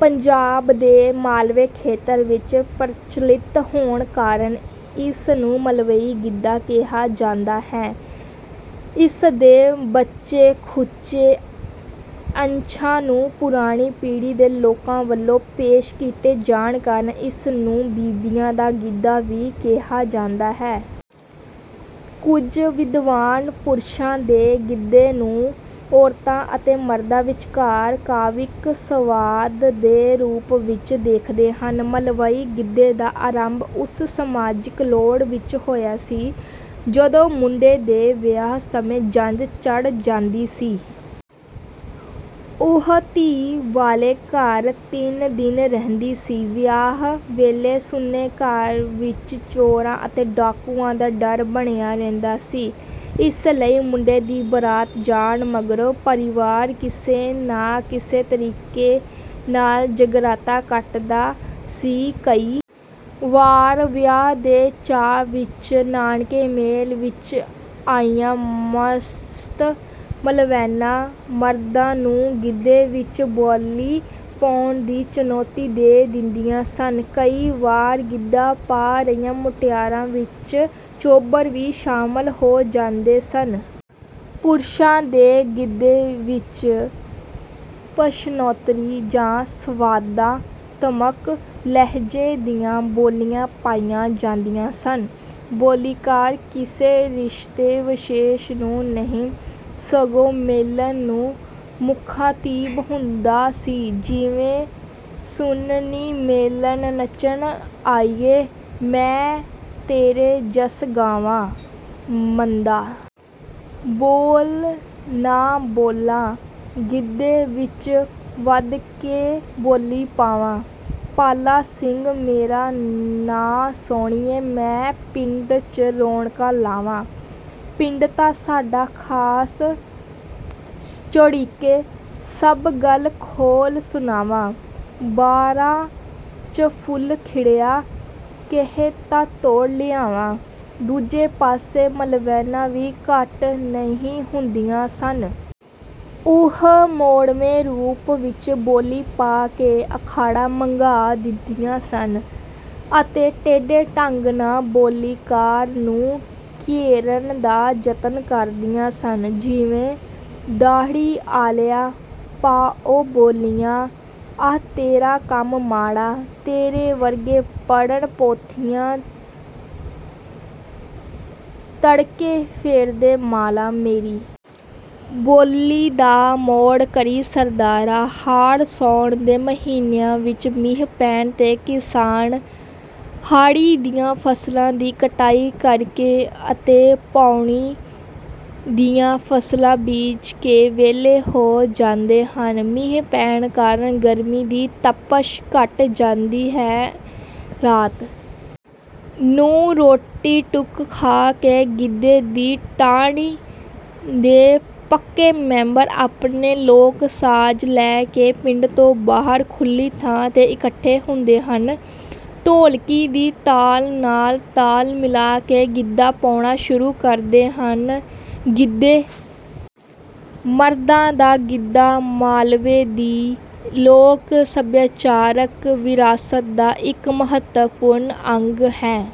ਪੰਜਾਬ ਦੇ ਮਾਲਵੇ ਖੇਤਰ ਵਿੱਚ ਪ੍ਰਚੱਲਿਤ ਹੋਣ ਕਾਰਨ ਇਸ ਨੂੰ ਮਲਵਈ ਗਿੱਧਾ ਕਿਹਾ ਜਾਂਦਾ ਹੈ। ਇਸ ਦੇ ਬਚੇ-ਖੁਚੇ ਅੰਸ਼ਾਂ ਨੂੰ ਪੁਰਾਣੀ ਪੀੜ੍ਹੀ ਦੇ ਲੋਕਾਂ ਵੱਲੋਂ ਪੇਸ਼ ਕੀਤੇ ਜਾਣ ਕਾਰਨ ਇਸ ਨੂੰ ਬਿਬੀਆਂ ਦਾ ਗਿੱਧਾ ਵੀ ਕਿਹਾ ਜਾਂਦਾ ਹੈ। ਕੁਝ ਵਿਦਵਾਨ ਪੁਰਸ਼ਾਂ ਦੇ ਗਿੱਧੇ ਨੂੰ ਔਰਤਾਂ ਅਤੇ ਮਰਦਾਂ ਵਿਚਕਾਰ ਕਾਵਿਕ ਸੰਵਾਦ ਦੇ ਰੂਪ ਵਿੱਚ ਦੇਖਦੇ ਹਨ। ਮਲਵਈ ਗਿੱਧੇ ਦਾ ਆਰੰਭ ਉਸ ਸਮਾਜਿਕ ਲੋੜ ਵਿੱਚ ਹੋਇਆ ਸੀ, ਜਦੋਂ ਮੁੰਡੇ ਦੇ ਵਿਆਹ ਸਮੇਂ ਜੰਝ ਚੜ੍ਹ ਜਾਂਦੀ ਸੀ। ਉਹ ਧੀ ਵਾਲੇ ਘਰ ਤਿੰਨ ਦਿਨ ਰਹਿੰਦੀ ਸੀ। ਵਿਆਹ ਵੇਲੇ ਸੁੰਨੇ ਘਰ ਵਿੱਚ ਚੋਰਾਂ ਅਤੇ ਡਾਕੂਆਂ ਦਾ ਡਰ ਬਣਿਆ ਰਹਿੰਦਾ ਸੀ। ਇਸ ਲਈ ਮੁੰਡੇ ਦੀ ਬਰਾਤ ਜਾਣ ਮਗਰੋਂ ਪਰਿਵਾਰ ਕਿਸੇ ਨਾ ਕਿਸੇ ਤਰੀਕੇ ਨਾਲ ਜਾਗਰਾਤਾ ਕੱਟਦਾ ਸੀ। ਕਈ ਵਾਰ ਵਿਆਹ ਦੇ ਚਾਅ ਵਿੱਚ ਨਾਨਕੇ ਮੇਲ ਵਿੱਚ ਆਈਆਂ ਮਸਤ-ਮਲਵੈਣਾਂ ਮਰਦਾਂ ਨੂੰ ਗਿੱਧੇ ਵਿੱਚ ਬੋਲੀ ਪਾਉਣ ਦੀ ਚੁਣੌਤੀ ਦੇ ਦਿੰਦੀਆਂ ਸਨ। ਕਈ ਵਾਰ ਗਿੱਧਾ ਪਾ ਰਹੀਆਂ ਮੁਟਿਆਰਾਂ ਵਿੱਚ ਚੋਬਰ ਵੀ ਸ਼ਾਮਲ ਹੋ ਜਾਂਦੇ ਸਨ। ਪੁਰਸ਼ਾਂ ਦੇ ਗਿੱਧੇ ਵਿੱਚ ਪ੍ਰਸ਼ਨੋੱਤਰੀ ਜਾਂ ਸੰਵਾਦਾਤਮਕ ਲਹਿਜ਼ੇ ਦੀਆਂ ਬੋਲੀਆਂ ਪਾਈਆਂ ਜਾਂਦੀਆਂ ਸਨ। ਬੋਲੀਕਾਰ ਕਿਸੇ ਰਿਸ਼ਤੇ-ਵਿਸ਼ੇਸ਼ ਨੂੰ ਨਹੀਂ, ਸਗੋਂ ਮੇਲਣ ਨੂੰ ਮੁਖਾਤਿਬ ਹੁੰਦਾ ਸੀ। ਜਿਵੇ ਸੁਣ ਨੀ ਮੇਲਣ ਨੱਚਣ ਆਈਏ, ਮੈਂ ਤੇਰੇ ਜੱਸ ਗਾਵਾਂ। ਮੰਦਾ ਬੋਲ ਨਾ ਬੋਲਾ ਗਿੱਧੇ ਵਿੱਚ, ਵੱਧ ਕੇ ਬੋਲੀ ਪਾਵਾਂ। ਪਾਲਾ ਸਿੰਘ ਮੇਰਾ ਨਾਂ ਸੋਹਣੀਏ, ਮੈਂ ਪਿੰਡ ’ਚ ਰੌਣਕਾਂ ਲਾਵਾਂ। ਪਿੰਡ ਤਾਂ ਸਾਡਾ ਖਾਸ ਚੋਡੀਕੇ, ਸਭ ਗੱਲ ਖੋਲ੍ਹ ਸੁਣਾਵਾਂ। ਬਾਰਾਂ ’ਚ ਫੁੱਲ ਖਿੜਿਆ, ਕਹੇ ਤਾਂ ਤੋੜ ਲਿਆਵਾਂ। ਦੂਜੇ ਪਾਸੇ ਮਲਵੈਣਾਂ ਵੀ ਘੱਟ ਨਹੀਂ ਹੁੰਦੀਆਂ ਸਨ। ਉਹ ਮੋੜਵੇਂ ਰੂਪ ਵਿੱਚ ਬੋਲੀ ਪਾ ਕੇ ਅਖਾੜਾ ਮਘਾ ਦਿੰਦੀਆਂ ਸਨ ਅਤੇ ਟੇਢੇ ਢੰਗ ਨਾਲ ਬੋਲੀਕਾਰ ਨੂੰ ਘੇਰਨ ਦਾ ਯਤਨ ਕਰਦੀਆਂ ਸਨ। ਜਿਵੇਂ ਦਾੜ੍ਹੀ ਆਲਿਆ, ਪਾ ਉਂ ਬੋਲੀਆਂ, ਆਹ ਤੇਰਾ ਕੰਮ ਮਾੜਾ। ਤੇਰੇ ਵਰਗੇ ਪੜ੍ਹਨ ਪੋਥੀਆਂ, ਤੜਕੇ ਫੇਰਦੇ ਮਾਲਾ। ਮੇਰੀ ਬੋਲੀ ਦਾ ਮੋੜ ਕਰੀਂ, ਸਰਦਾਰਾ। ਹਾੜ੍ਹ-ਸਾਉਣ ਦੇ ਮਹੀਨਿਆਂ ਵਿੱਚ ਮੀਂਹ ਪੈਣ ’ਤੇ ਕਿਸਾਨ ਹਾੜੀ ਦੀਆਂ ਫ਼ਸਲਾਂ ਦੀ ਕਟਾਈ ਕਰਕੇ ਅਤੇ ਪਾਉਣੀ ਦੀਆਂ ਫ਼ਸਲਾਂ ਬੀਜ ਕੇ ਵਿਹਲੇ ਹੋ ਜਾਂਦੇ ਹਨ। ਮੀਂਹ ਪੈਣ ਕਾਰਨ ਗਰਮੀ ਦੀ ਤਪਸ਼ ਘੱਟ ਜਾਂਦੀ ਹੈ। ਰਾਤ ਨੂੰ ਰੋਟੀ-ਟੁੱਕ ਖਾ ਕੇ ਗਿੱਧੇ ਦੀ ਢਾਣੀ ਦੇ ਪੱਕੇ ਮੈਂਬਰ ਆਪਣੇ ਲੋਕ-ਸਾਜ਼ ਲੈ ਕੇ ਪਿੰਡ ਤੋਂ ਬਾਹਰ ਖੁੱਲ੍ਹੀ ਥਾਂ ’ਤੇ ਇਕੱਠੇ ਹੁੰਦੇ ਹਨ। ਢੋਲਕੀ ਦੀ ਤਾਲ ਨਾਲ ਤਾਲ ਮਿਲਾ ਕੇ ਗਿੱਧਾ ਪਾਉਣਾ ਸ਼ੁਰੂ ਕਰਦੇ ਹਨ। ਗਿੱਧੇ ਮਰਦਾਂ ਦਾ ਗਿੱਧਾ ਮਾਲਵੇ ਦੀ ਲੋਕ-ਸੱਭਿਆਚਾਰਕ ਵਿਰਾਸਤ ਦਾ ਇੱਕ ਮਹੱਤਵਪੂਰਨ ਅੰਗ ਹੈ।